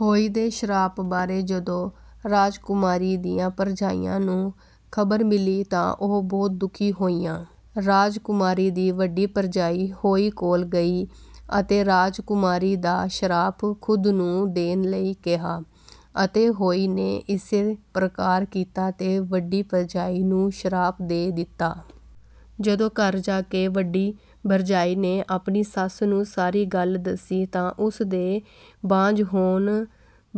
ਹੋਈ ਦੇ ਸ਼ਰਾਪ ਬਾਰੇ ਜਦੋਂ ਰਾਜਕੁਮਾਰੀ ਦੀਆਂ ਭਰਜਾਈਆਂ ਨੂੰ ਖ਼ਬਰ ਮਿਲੀ ਤਾਂ ਉਹ ਬਹੁਤ ਦੁਖੀ ਹੋਈਆਂ। ਰਾਜਕੁਮਾਰੀ ਦੀ ਵੱਡੀ ਭਰਜਾਈ ਹੋਈ ਕੋਲ ਗਈ ਅਤੇ ਰਾਜਕੁਮਾਰੀ ਦਾ ਸ਼ਰਾਪ ਖ਼ੁਦ ਨੂੰ ਦੇਣ ਲਈ ਕਿਹਾ ਅਤੇ ਹੋਈ ਨੇ ਇਸੇ ਪ੍ਰਕਾਰ ਕੀਤਾ ਤੇ ਵੱਡੀ ਭਰਜਾਈ ਨੂੰ ਸ਼ਰਾਪ ਦੇ ਦਿੱਤਾ। ਜਦੋਂ ਘਰ ਜਾ ਕੇ ਵੱਡੀ ਭਰਜਾਈ ਨੇ ਆਪਣੀ ਸੱਸ ਨੂੰ ਸਾਰੀ ਗੱਲ ਦੱਸੀ ਤਾਂ ਉਸਦੇ ਬਾਂਝ ਹੋਣ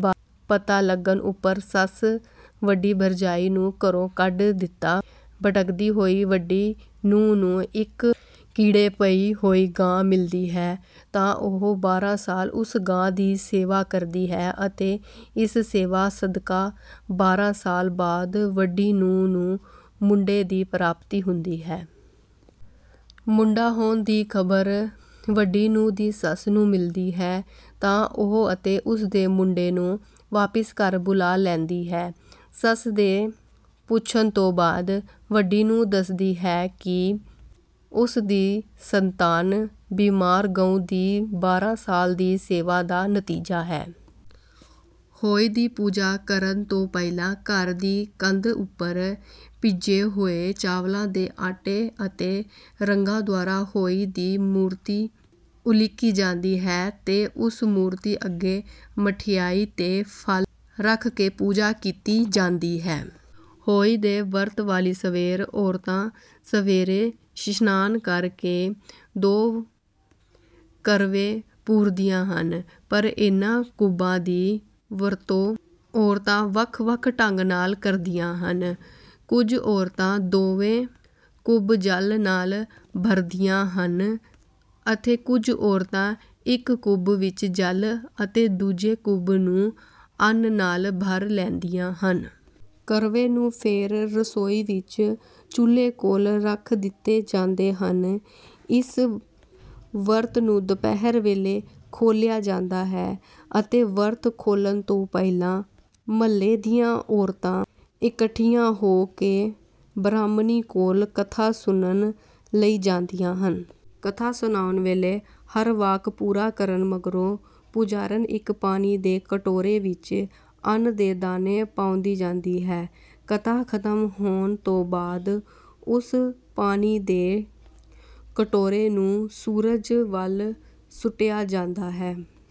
ਬਾਰੇ ਪਤਾ ਲਗਣ ਉੱਪਰ ਸੱਸ ਵੱਡੀ ਭਰਜਾਈ ਨੂੰ ਘਰੋਂ ਕੱਢ ਦਿੱਤਾ। ਭਟਕਦੀ ਹੋਈ ਵੱਡੀ ਨੂੰਹ ਨੂੰ ਇੱਕ ਕੀੜੇ ਪਈ ਹੋਈ ਗਾਂ ਮਿਲਦੀ ਹੈ ਤਾਂ ਉਹ ਬਾਰਾਂ ਸਾਲ ਉਸ ਗਾਂ ਦੀ ਸੇਵਾ ਕਰਦੀ ਹੈ ਅਤੇ ਇਸ ਸੇਵਾ ਸਦਕਾ ਬਾਰਾਂ ਸਾਲ ਬਾਅਦ ਵੱਡੀ ਨੂੰਹ ਨੂੰ ਮੁੰਡੇ ਦੀ ਪ੍ਰਾਪਤੀ ਹੁੰਦੀ ਹੈ। ਮੁੰਡਾ ਹੋਣ ਦੀ ਖ਼ਬਰ ਵੱਡੀ ਨੂੰਹ ਦੀ ਸੱਸ ਨੂੰ ਮਿਲਦੀ ਹੈ ਤਾਂ ਉਹ ਅਤੇ ਉਸਦੇ ਮੁੰਡੇ ਨੂੰ ਵਾਪਿਸ ਘਰ ਬੁਲਵਾ ਲੈਂਦੀ ਹੈ। ਸੱਸ ਦੇ ਪੁਛਣ ਤੋਂ ਬਾਅਦ ਵੱਡੀ ਨੂੰਹ ਦੱਸਦੀ ਹੈ ਕਿ ਉਸਦੀ ਸੰਤਾਨ ਬੀਮਾਰ ਗਊ ਦੀ ਬਾਰਾਂ ਸਾਲ ਦੀ ਸੇਵਾ ਦਾ ਨਤੀਜਾ ਹੈ। ਹੋਈ ਦੀ ਪੂਜਾ ਕਰਨ ਤੋਂ ਪਹਿਲਾਂ ਘਰ ਦੀ ਕੰਧ ਉੱਪਰ ਭਿੱਜੇ ਹੋਏ ਚਾਵਲਾਂ ਦੇ ਆਟੇ ਅਤੇ ਰੰਗਾਂ ਦੁਆਰਾ ਹੋਈ ਦੀ ਮੂਰਤੀ ਉਲੀਕੀ ਜਾਂਦੀ ਹੈ ਤੇ ਉਸ ਮੂਰਤੀ ਅੱਗੇ ਮਠਿਆਈ ਤੇ ਫਲ ਰੱਖ ਕੇ ਪੂਜਾ ਕੀਤੀ ਜਾਂਦੀ ਹੈ। ਹੋਈ ਦੇ ਵਰਤ ਵਾਲੀ ਸਵੇਰ ਔਰਤਾਂ ਸਵੇਰੇ ਇਸ਼ਨਾਨ ਕਰਕੇ ਦੋ ਕਰਵੇ ਪੂਰਦਿਆਂ ਹਨ ਪਰ ਇਹਨਾਂ ਕੁਭਾਂ ਦੀ ਵਰਤੋਂ ਔਰਤਾਂ ਵੱਖ ਵੱਖ ਢੰਗ ਨਾਲ ਕਰਦੀਆਂ ਹਨ। ਕੁੱਝ ਔਰਤਾਂ ਦੋਵੇਂ ਕੁੰਭ ਜਲ ਨਾਲ ਭਰਦੀਆਂ ਹਨ ਅਤੇ ਕੁੱਝ ਔਰਤਾਂ ਇੱਕ ਕੁੰਭ ਵਿੱਚ ਜਲ ਅਤੇ ਦੂਜੇ ਕੁੰਭ ਨੂੰ ਅੰਨ ਨਾਲ ਭਰ ਲੈਂਦੀਆਂ ਹਨ। ਕਰਵੇ ਨੂੰ ਫੇਰ ਰਸੋਈ ਵਿੱਚ ਚੁਲ੍ਹੇ ਕੋਲ ਰੱਖ ਦਿੱਤੇ ਜਾਂਦੇ ਹਨ। ਇਸ ਵਰਤ ਨੂੰ ਦੁਪਹਿਰ ਵੇਲੇ ਖੋਲਿਆ ਜਾਂਦਾ ਹੈ ਅਤੇ ਵਰਤ ਖੋਲਣ ਤੋਂ ਪਹਿਲਾਂ ਮਹੱਲੇ ਦੀਆਂ ਔਰਤਾਂ ਇਕੱਠੀਆਂ ਹੋ ਕੇ ਬ੍ਰਹਾਮਣੀ ਕੋਲ ਕਥਾ ਸੁਣਨ ਲਈ ਜਾਂਦੀਆਂ ਹਨ। ਕਥਾ ਸੁਨਾਉਣ ਵੇਲੇ ਹਰ ਵਾਕ ਪੂਰਾ ਕਰਨ ਮਗਰੋਂ ਪੁਜਾਰਨ ਇੱਕ ਪਾਣੀ ਦੇ ਕਟੋਰੇ ਵਿੱਚ ਅੰਨ ਦੇ ਦਾਣੇ ਪਾਉਂਦੀ ਜਾਂਦੀ ਹੈ। ਕਥਾ ਖ਼ਤਮ ਹੋਣ ਤੋਂ ਬਾਅਦ ਉਸ ਪਾਣੀ ਦੇ ਕਟੋਰੇ ਨੂੰ ਸੂਰਜ ਵਾਲ ਸੁਟਿਆ ਜਾਂਦਾ ਹੈ।